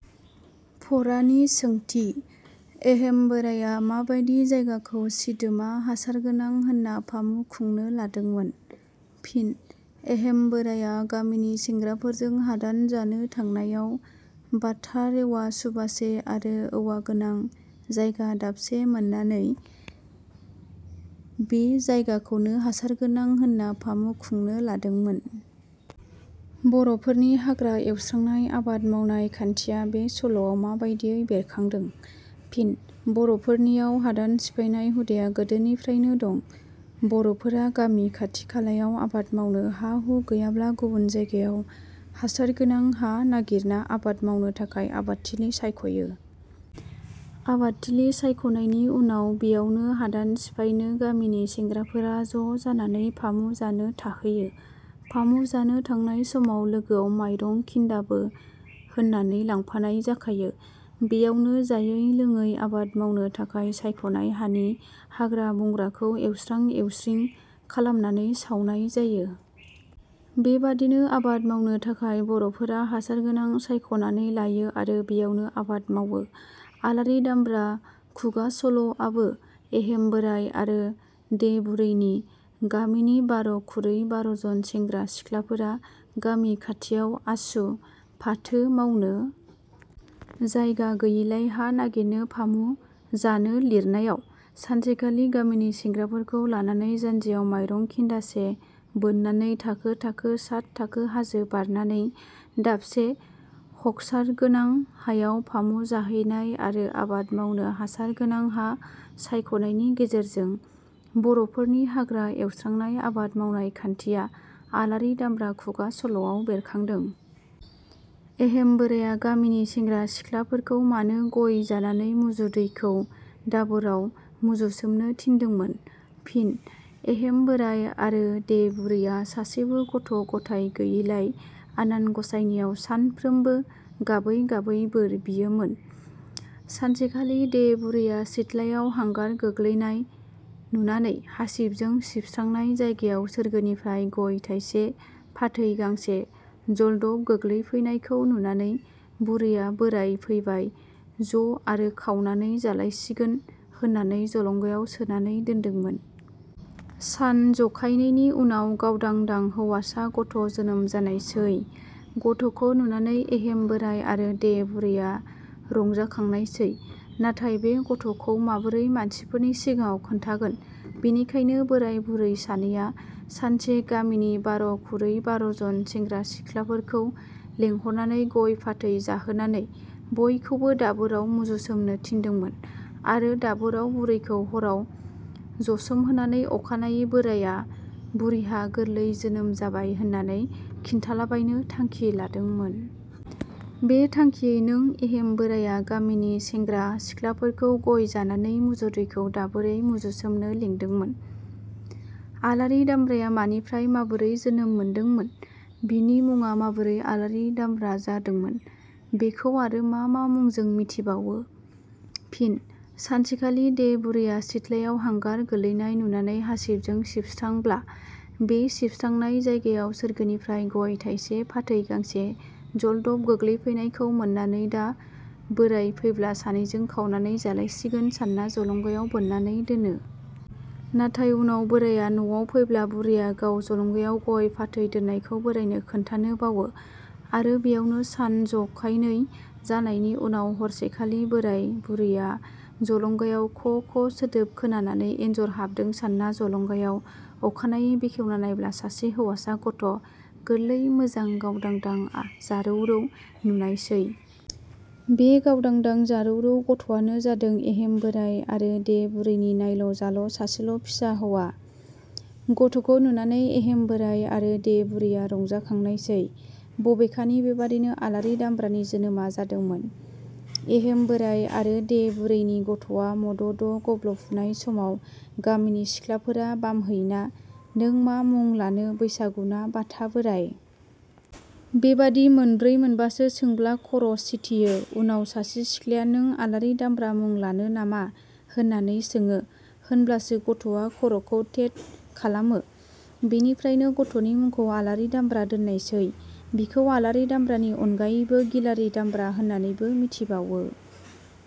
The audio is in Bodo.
फारानि सोंथि. एहेम बोराइया माबादि जायगाखौ सिदोमा हासारगोनां होनना फामु खुंनो लादोंमोन? फिनः एहेम बोराया गामिनि सेंग्राफोरजों हादान जानो थांनायाव बाथा रेवा सुबासे आरो औवागोनां जायगा दाबसे मोननानै बे जायगाखौनो हासारगोनां होनना फामु खुंनो लादोंमोन।. बर'फोरनि हाग्रा एवस्रांनाय आबाद मावनाय खान्थिया बे सल'आव माबादियै बेरखांदों? फिन: बरफोरनियाव हादान सिफायनाय हुदाया गोदोनिफ्रायनो दं। बर'फोरा गामि खाथि खालायाव आबाद मावनो हा-हु गैयाब्ला गुबुन जायगायाव हासार गोनां हां नागिरना आबाद मावनो थाखाय आबादथिलि सायखयो। आबादथिलि सायखनायनि उनाव बेयावनो हादान सिफायनो गामिनि सेंग्राफोरा ज' जानानै फामु जानो थाहैयो। फामु जानो थांनाय समाव लोगोआव मायरं खिन्दाबो होननानै लांफानाय जाखायो। बेयावनो जायै लोंयै आबाद मावनो थाखाय सायखनाय हानि हाग्रा बंग्राखौ एवस्रां एवस्रिं खालामनानै सावनाय जायो। बेबादिनो आबाद मावनो थाखाय बर'फोरा हासारगोनां सायखनानै लायो आरो बेयावनो आबाद मावो। आलारि दामब्रा खुगा सल' आंबो एहेम बोराइ आरो दे बुरैनि गामिनि बार' खुरै बार'जन सेंग्रा सिख्लाफोरा गामि खाथियाव आसु, फाथो मावनो जायगा गैयिलाय हा नागिरनो फामु जानो लिरनायाव सानसेखालि गामिनि सेंग्राफोरखौ लानानै जान्जियाव माइरं खिन्दासे बोननानै थाखो थाखो साथ थाखो हाजो बारनानै दाबसे हखसारगोनां हायाव फामु जाहैनाय आरो आबाद मावनो हासार गोनां हा सायखनायनि गेजेरजों बर'फोरनि हाग्रा एवस्रांनाय आबाद मावनाय खान्थिया आलारि दामब्रा खुगा सल'आव बेरखांदों।. एहेम बोराइया गामिनि सेंग्रा-सिख्लाफोरखौ मानो गइ जानानै मुजुदैखौ दाबोराव मुजुसोमनो थिनदोंमोन? फिन: एहेम बैराइ आरो दे बुरैया सासेबो गथ' गथाय गैयिलाय आनान गसाइनियाव सानफ्रोमबो गाबै गाबै बोर बियोमोन। सानसेखालि दे बुरैया सिथ्लायाव हांगार गोग्लैनाय नुनानै हासिबजों सिबस्रांनाय जायगायाव सोरगोनिफ्राइ गय थाइसे फाथै गांसे जलदब गोग्लैफैनायखौ नुनानै बुरैया बोराय फैबाय ज' आरो खावनानै जालायसिगोन होननानै जलंगायाव सोनानै दोन्दोंमोन। सान जखायनैनि उनाव गावदां दां हौवासा गथ' जोनोम जानायसै। गथखौ नुनानै एहेम बोराइ आरो दे बुरैया रंजाखांनाय सै। नाथाय बे गथ'खौ माबोरै मानसिफोरनि सिगाङाव खिन्थागोन? बेनिखाइनो, बोराय बुरै सानैया सानसे गामिनि बार' खुरै बार'जोन सेंग्रा सिख्लाफोरखौ लेंहरनानै गइ फाथै जाहोनानै बयखौबो दाबोराव मुजुसोमनो थिनदोंमोन आरो दाबोराव बुरैखौ हराव जसोमहोनानै अखानायै बोराइया "बुरिहा गोरलै जोनोम जाबाय" होननानै खिन्थालाबायनो थांखि लादोंमोन। बे थांखियै नों एहेम बोराया गामिनि सेंग्रा सिख्लाफोरखौ गय जानानै मुजुदैखौ दाबोराव मुजुसोमनो लिंदोंमोन।. आलारि दामब्राया मानिफ्राय माबोरै जोनोम मोनदोंमोन? बिनि मुङा माबोरै आलारि दामब्रा जादोंमोन? बेखौ आरो मा मा मुंजों मिथिबावो? फिनः सानसेखालि दे बुरैया सिथलायाव हांगार गोलैनाय नुनानै हासिबजों सिबस्रांब्ला बे सिबस्रांनाय जायगायाव सोरगोनिफ्राय गय थाइसे फाथै गांसे जलदब गोग्लैफैनायखौ मोननानै दा बोराइ फैब्ला सानैजों खावनानै जालायसिगोन सानना जलंगायाव बोननानै दोनो। माथाय उनाव बोराइया नवाव फैब्ला बुरैया गाव जलंगायाव गय फाथै दोननायखौ बोराइनो खिन्थानो बावो आरो बेयावनो सान जखायनै जानायनि उनाव हरसेखालि बोराइ बुरैया जलंगायाव ख ख सोदोब खोनानानै एनजर हाबदों सानना जलंगायाव अखानायै बेखेवना नायब्ला सासे हौवासा गथ' गोरलै मोजां गावदांदां जारौ रौ नुनायसै। बे गावदांदां जारौ रौ गथ'वानो जादों एहेम बोराइ आरो दे बुरैनि नायल' जाल' सासेल' फिसा हौवा। गथ'खौ नुनानै एहेम बोराइ आरो दे बुरैया रंजाखांनायसै। बबेखानि बेबादिनो आलारि दामब्रानि जोनोमा जादोंमोन। एहेम बोराइ आरो दे बुरैनि गथ'वा मद'द' गब्ल'फुनाय समाव गामिनि सिख्लाफोरा बामहैना नों मा मुं लानो बैसागु ना बाथा बोराइ? बेबादि मोनब्रै मोनबासो सोंब्ला खर' सिथियो। उनाव सासे सिख्लाया नों आलारि दामब्रा मुं लानो नामा होननानै सोङो, होनब्लासो गथ'वा खर'खौ थेद खालामो। बेनिफ्रायनो गथ'नि मुखौ आलारि दामब्रा दोननायसै। बिखौ आलारि दामब्रानि अनगायैबो गिलारि दामब्रा होननानैबो मिथिबावो।